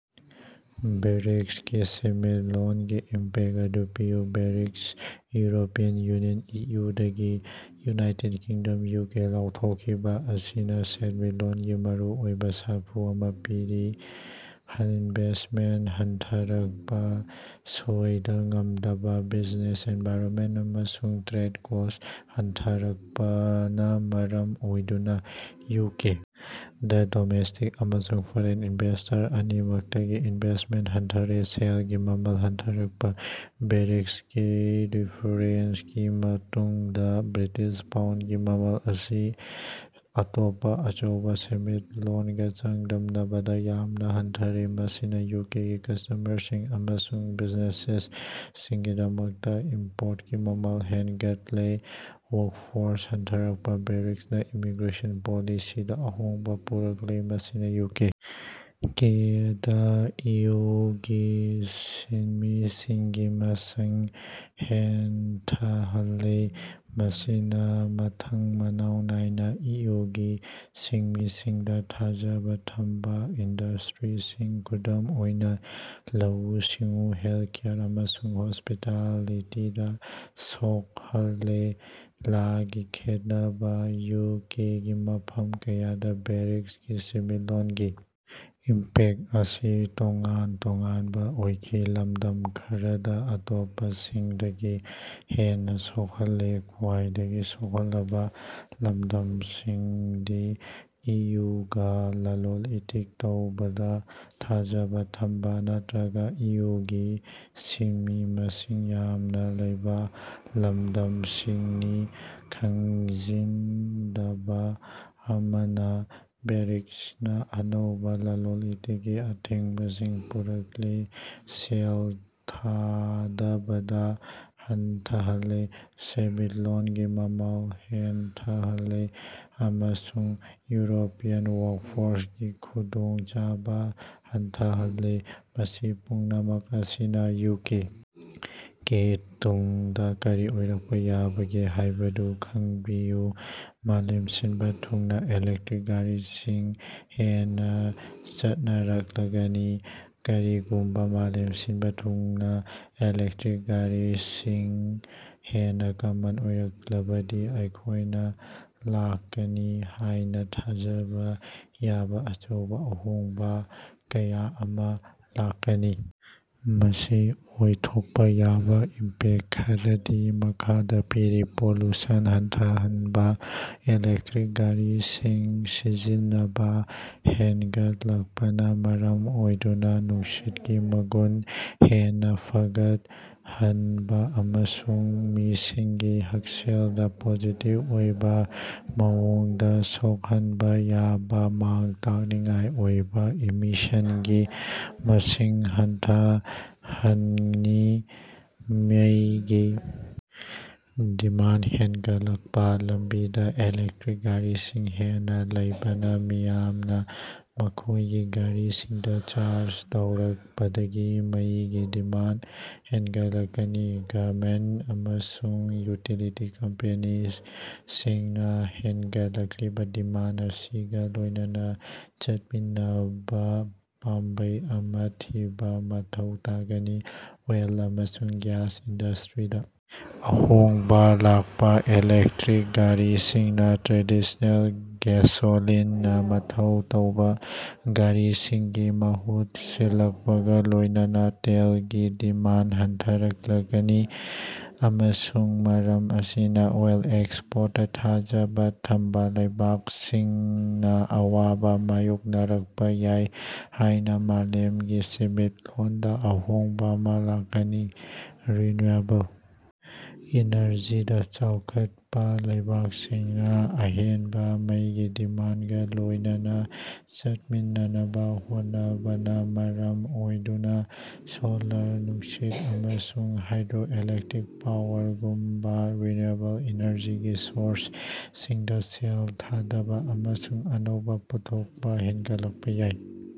ꯕ꯭ꯔꯦꯛꯁꯤꯠꯀꯤ ꯁꯦꯟꯃꯤꯠꯂꯣꯟꯒꯤ ꯏꯝꯄꯦꯛꯇ ꯑꯗꯨ ꯄꯤꯌꯨ꯫ ꯕ꯭ꯔꯦꯛꯁꯤꯠ, ꯌꯨꯔꯣꯄꯤꯌꯟ ꯌꯨꯅꯤꯌꯟ (ꯏꯌꯨ)ꯗꯒꯤ ꯌꯨꯅꯥꯏꯇꯦꯗ ꯀꯤꯡꯗꯝ (ꯌꯨ. ꯀꯦ.) ꯂꯧꯊꯣꯛꯈꯤꯕꯥ ꯑꯁꯤꯅꯥ ꯁꯦꯟꯃꯤꯠꯂꯣꯟꯒꯤ ꯃꯔꯨꯑꯣꯏꯕꯥ ꯁꯥꯐꯨ ꯑꯃꯥ ꯄꯤꯔꯤ꯫ ꯏꯟꯚꯦꯁ꯭ꯇꯃꯦꯟꯇ ꯍꯟꯊꯔꯛꯄꯥ: ꯁꯣꯏꯗ-ꯉꯥꯝꯗꯕ ꯕꯤꯖꯤꯅꯦꯁ ꯑꯦꯟꯚꯥꯏꯔꯟꯃꯦꯟꯇ ꯑꯃꯁꯨꯡ ꯇ꯭ꯔꯦꯗ ꯀꯣꯠ ꯍꯦꯟꯒꯠꯂꯛꯄꯅꯥ ꯃꯔꯝ ꯑꯣꯏꯗꯨꯅꯥ ꯌꯨ. ꯀꯦ. ꯗꯥ ꯗꯣꯃꯦꯁ꯭ꯇꯤꯛ ꯑꯃꯁꯨꯡ ꯐꯣꯔꯦꯟ ꯏꯟꯚꯦꯁ꯭ꯇꯔ ꯑꯅꯤꯃꯛꯇꯒꯤ ꯏꯟꯚꯦꯁ꯭ꯇꯃꯦꯟꯇ ꯍꯟꯊꯔꯦ꯫ ꯁꯦꯜꯒꯤ ꯃꯃꯜ ꯍꯟꯊꯔꯛꯄꯥ: ꯕ꯭ꯔꯦꯛꯁꯤꯠ ꯔꯦꯐꯔꯦꯟꯁꯀꯤ ꯃꯇꯨꯡꯗꯥ ꯕ꯭ꯔꯤꯇꯤꯁ ꯄꯥꯎꯟꯗꯒꯤ ꯃꯃꯜ ꯑꯁꯤ ꯑꯇꯣꯞꯄꯥ ꯑꯆꯧꯕꯥ ꯁꯦꯟꯃꯤꯠꯂꯣꯟꯁꯤꯡꯒꯥ ꯆꯥꯡꯗꯝꯅꯕꯗꯥ ꯌꯥꯝꯅꯥ ꯍꯟꯊꯔꯦ, ꯃꯁꯤꯅꯥ ꯌꯨ. ꯀꯦ. ꯒꯤ ꯀꯟꯖꯨꯃꯔꯁꯤꯡ ꯑꯃꯁꯨꯡ ꯕꯤꯖꯤꯅꯦꯁꯁꯤꯡꯒꯤꯗꯃꯛꯇꯥ ꯏꯝꯄꯣꯔꯇꯀꯤ ꯃꯃꯜ ꯍꯦꯟꯒꯠꯍꯜꯂꯦ꯫ ꯋꯥꯔꯀꯐꯣꯔꯁ ꯍꯟꯊꯔꯛꯄꯥ: ꯕ꯭ꯔꯦꯛꯁꯤꯠꯅꯥ ꯏꯃꯤꯒ꯭ꯔꯦꯁꯟ ꯄꯣꯂꯤꯁꯤꯗꯥ ꯑꯍꯣꯡꯕꯥ ꯄꯨꯔꯛꯂꯦ, ꯃꯁꯤꯅꯥ ꯌꯨ.ꯀꯦ ꯀꯦ. ꯗꯥ ꯏꯌꯨꯒꯤ ꯁꯤꯟꯃꯤꯁꯤꯡꯒꯤ ꯃꯁꯤꯡ ꯍꯟꯊꯍꯜꯂꯦ꯫ ꯃꯁꯤꯅꯥ ꯃꯊꯪ ꯃꯅꯥꯎ ꯅꯥꯏꯅꯥ ꯏ. ꯌꯨ. ꯒꯤ ꯁꯤꯟꯃꯤꯁꯤꯡꯗꯥ ꯊꯥꯖꯕꯥ ꯊꯝꯕꯥ ꯏꯟꯗꯁ꯭ꯇꯔꯤꯁꯤꯡ, ꯈꯨꯗꯝ ꯑꯣꯏꯅꯥ ꯂꯧꯎ-ꯁꯤꯡꯎ, ꯍꯦꯜꯊꯀꯦꯌꯔ, ꯑꯃꯁꯨꯡ ꯍꯣꯁ꯭ꯄꯤꯇꯥꯂꯤꯇꯤꯗꯥ ꯁꯣꯛꯍꯜꯂꯦ꯫ ꯂꯒꯤ ꯈꯦꯠꯅꯕꯥ: ꯌꯨ. ꯀꯦ. ꯒꯤ ꯃꯐꯝ ꯀꯌꯥꯗꯥ ꯕ꯭ꯔꯦꯛꯁꯤꯠꯀꯤ ꯁꯦꯟꯃꯤꯠꯂꯣꯟꯒꯤ ꯏꯝꯄꯦꯛ ꯑꯁꯤ ꯇꯣꯉꯥꯟ ꯇꯣꯉꯥꯟꯕꯥ ꯑꯣꯏꯈꯤ, ꯂꯝꯗꯝ ꯈꯔꯗꯥ ꯑꯇꯣꯞꯄꯁꯤꯡꯗꯒꯤ ꯍꯦꯟꯅꯥ ꯁꯣꯛꯍꯜꯂꯦ꯫ ꯈ꯭ꯋꯥꯏꯗꯒꯤ ꯁꯣꯛꯍꯜꯂꯕꯥ ꯂꯝꯗꯝꯁꯤꯡꯗꯤ ꯏꯌꯨꯒꯥ ꯂꯂꯣꯟ-ꯏꯇꯤꯛ ꯇꯧꯕꯗꯥ ꯊꯥꯖꯕꯥ ꯊꯝꯕꯥ ꯅꯠꯇ꯭ꯔꯒꯥ ꯏꯌꯨꯒꯤ ꯁꯤꯟꯃꯤ ꯃꯁꯤꯡ ꯌꯥꯝꯅꯥ ꯂꯩꯕꯥ ꯂꯝꯗꯝꯁꯤꯡꯅꯤ꯫ ꯈꯪꯖꯤꯟꯒꯗꯕꯥ ꯑꯃꯅꯥ, ꯕ꯭ꯔꯦꯛꯁꯤꯠꯅꯥ ꯑꯅꯧꯕꯥ ꯂꯂꯣꯟ-ꯏꯇꯤꯛꯀꯤ ꯑꯊꯤꯡꯕꯁꯤꯡ ꯄꯨꯔꯛꯂꯦ, ꯁꯦꯜ ꯊꯥꯗꯕꯥ ꯍꯟꯊꯍꯜꯂꯦ, ꯁꯦꯟꯃꯤꯠꯂꯣꯟꯒꯤ ꯃꯃꯜ ꯍꯟꯊꯍꯜꯂꯦ, ꯑꯃꯁꯨꯡ ꯌꯨꯔꯣꯄꯤꯌꯟ ꯋꯥꯔꯛꯐꯣꯔꯁꯀꯤ ꯈꯨꯗꯣꯡꯆꯥꯕꯥ ꯍꯟꯊꯍꯜꯂꯦ, ꯃꯁꯤ ꯄꯨꯝꯅꯃꯛ ꯑꯁꯤꯅꯥ ꯌꯨ. ꯀꯦ. ꯇꯨꯡꯗꯥ ꯀꯔꯤ ꯑꯣꯏꯔꯛꯄꯥ ꯌꯥꯕꯒꯦ ꯍꯥꯏꯕꯗꯨ ꯈꯟꯕꯤꯌꯨ? ꯃꯥꯂꯦꯝ ꯁꯤꯟꯕꯥ ꯊꯨꯡꯅꯥ ꯏꯂꯦꯛꯇꯔꯤꯛ ꯒꯥꯔꯤꯁꯤꯡ ꯍꯦꯟꯅꯥ ꯆꯠꯅꯔꯛꯂꯒꯅꯤ꯫ ꯀꯔꯤꯒꯨꯝꯕꯥ ꯃꯥꯂꯦꯝ ꯁꯤꯟꯕꯥ ꯊꯨꯡꯅꯥ ꯏꯂꯦꯛꯇꯔꯤꯛ ꯒꯥꯔꯤꯁꯤꯡ ꯍꯦꯟꯅꯥ ꯀꯃꯟ ꯑꯣꯏꯔꯛꯂꯕꯗꯤ ꯑꯩꯈꯣꯏꯅꯥ ꯂꯥꯛꯀꯅꯤ ꯍꯥꯏꯅꯥ ꯊꯥꯖꯕꯥ ꯌꯥꯕꯥ ꯑꯆꯧꯕꯥ ꯑꯍꯣꯡꯕꯥ ꯀꯌꯥ ꯑꯃꯥ ꯂꯥꯛꯀꯅꯤ꯫ ꯃꯁꯤꯒꯤ ꯑꯣꯏꯊꯣꯛꯄꯥ ꯌꯥꯕꯥ ꯏꯝꯄꯦꯛꯇ ꯈꯔꯗꯤ ꯃꯈꯥꯗꯥ ꯄꯤꯔꯤ: ꯄꯣꯂꯨꯁꯟ ꯍꯟꯊꯍꯟꯕꯥ: ꯏꯂꯦꯛꯇꯔꯤꯛ ꯒꯥꯔꯤꯁꯤꯡ ꯁꯤꯖꯤꯟꯅꯕꯥ ꯍꯦꯟꯒꯠꯂꯛꯄꯅꯥ ꯃꯔꯝ ꯑꯣꯏꯗꯨꯅꯥ ꯅꯨꯡꯁꯤꯠꯀꯤ ꯃꯒꯨꯟ ꯍꯦꯟꯅꯥ ꯐꯒꯠꯍꯟꯕꯥ ꯑꯃꯁꯨꯡ ꯃꯤꯁꯤꯡꯒꯤ ꯍꯛꯁꯦꯜꯗꯥ ꯄꯣꯖꯤꯇꯤꯚ ꯑꯣꯏꯕꯥ ꯃꯑꯣꯡꯗꯥ ꯁꯣꯈꯟꯕꯥ ꯌꯥꯕꯥ ꯃꯥꯡ-ꯇꯥꯛꯅꯤꯡꯉꯥꯏ ꯑꯣꯏꯕꯥ ꯏꯃꯤꯁꯟꯒꯤ ꯃꯁꯤꯡ ꯍꯟꯊꯍꯜꯅꯤ꯫ ꯃꯩꯒꯤ ꯗꯤꯃꯥꯟꯗ ꯍꯦꯟꯒꯠꯂꯛꯄꯥ: ꯂꯝꯕꯤꯗꯥ ꯏꯂꯦꯛꯇꯔꯤꯛ ꯒꯥꯔꯤꯁꯤꯡ ꯍꯦꯟꯅꯥ ꯂꯩꯕꯅꯥ ꯃꯤꯌꯥꯝꯅꯥ ꯃꯈꯣꯏꯒꯤ ꯒꯥꯔꯤꯁꯤꯡꯗꯥ ꯆꯥꯔꯖ ꯇꯧꯔꯛꯄꯗꯒꯤ ꯃꯩꯒꯤ ꯗꯤꯃꯥꯟꯗ ꯍꯦꯟꯒꯠꯂꯛꯀꯅꯤ꯫ ꯁꯔꯀꯥꯔꯁꯤꯡ ꯑꯃꯁꯨꯡ ꯌꯨꯇꯤꯂꯤꯇꯤ ꯀꯝꯄꯦꯅꯤꯁꯤꯡꯅꯥ ꯍꯦꯟꯒꯠꯂꯛꯂꯤꯕꯥ ꯗꯤꯃꯥꯟꯗ ꯑꯁꯤꯒꯥ ꯂꯣꯏꯅꯅꯥ ꯆꯠꯃꯤꯟꯅꯕꯥ ꯄꯥꯝꯕꯩ ꯑꯃꯥ ꯊꯤꯕꯥ ꯃꯊꯧ ꯇꯥꯒꯅꯤ꯫ ꯑꯣꯏꯜ ꯑꯃꯁꯨꯡ ꯒ꯭ꯌꯥꯁ ꯏꯟꯗꯁ꯭ꯇꯔꯤꯗꯥ ꯑꯍꯣꯡꯕꯥ ꯂꯥꯛꯄꯥ: ꯏꯂꯦꯛꯇꯔꯤꯛ ꯒꯥꯔꯤꯁꯤꯡꯅꯥ ꯇ꯭ꯔꯦꯗꯤꯁ꯭ꯅꯦꯜ ꯒꯦꯁꯣꯂꯤꯟꯅꯥ ꯃꯊꯧ ꯇꯧꯕꯥ ꯒꯥꯔꯤꯁꯤꯡꯒꯤ ꯃꯍꯨꯠ ꯁꯤꯜꯂꯛꯄꯒꯥ ꯂꯣꯏꯅꯅꯥ ꯇꯦꯜꯒꯤ ꯗꯤꯃꯥꯟꯗ ꯍꯟꯊꯔꯛꯀꯅꯤ ꯑꯃꯁꯨꯡ ꯃꯔꯝ ꯑꯁꯤꯅꯥ ꯑꯣꯏꯜ ꯑꯦꯛꯁꯄꯣꯔꯇꯇꯥ ꯊꯥꯖꯕꯥ ꯊꯝꯕꯥ ꯂꯩꯕꯥꯛꯁꯤꯡꯅꯥ ꯑꯋꯥꯕꯥ ꯃꯥꯌꯣꯛꯅꯔꯛꯄꯥ ꯌꯥꯏ ꯍꯥꯏꯅꯥ ꯃꯥꯂꯦꯝꯒꯤ ꯁꯦꯟꯃꯤꯠꯂꯣꯟꯗꯥ ꯑꯍꯣꯡꯕꯥ ꯑꯃꯥ ꯂꯥꯛꯀꯅꯤ꯫ ꯔꯤꯟꯅꯌꯨꯑꯦꯕꯜ ꯏꯅꯔꯖꯤꯗꯥ ꯆꯥꯎꯈꯠꯄꯥ: ꯂꯩꯕꯥꯛꯁꯤꯡꯅꯥ ꯑꯍꯦꯟꯕꯥ ꯃꯩꯒꯤ ꯗꯤꯃꯥꯟꯗꯒꯥ ꯂꯣꯏꯅꯅꯥ ꯆꯠꯃꯤꯟꯅꯅꯕꯥ ꯍꯣꯠꯅꯕꯅꯥ ꯃꯔꯝ ꯑꯣꯏꯗꯨꯅꯥ ꯁꯣꯂꯥꯔ, ꯅꯨꯡꯁꯤꯠ, ꯑꯃꯁꯨꯡ ꯍꯥꯏꯗ꯭ꯔꯣꯏꯂꯦꯛꯇꯔꯤꯛ ꯄꯥꯋꯔꯒꯨꯝꯕꯥ ꯔꯤꯟꯅꯌꯨꯑꯦꯕꯜ ꯏꯅꯔꯖꯤꯒꯤ ꯁꯣꯔꯁꯁꯤꯡꯗꯥ ꯁꯦꯜ ꯊꯥꯗꯕꯥ ꯑꯃꯁꯨꯡ ꯑꯅꯧꯕꯥ ꯄꯨꯊꯣꯛꯄꯥ ꯍꯦꯟꯒꯠꯂꯛꯄꯥ ꯌꯥꯏ꯫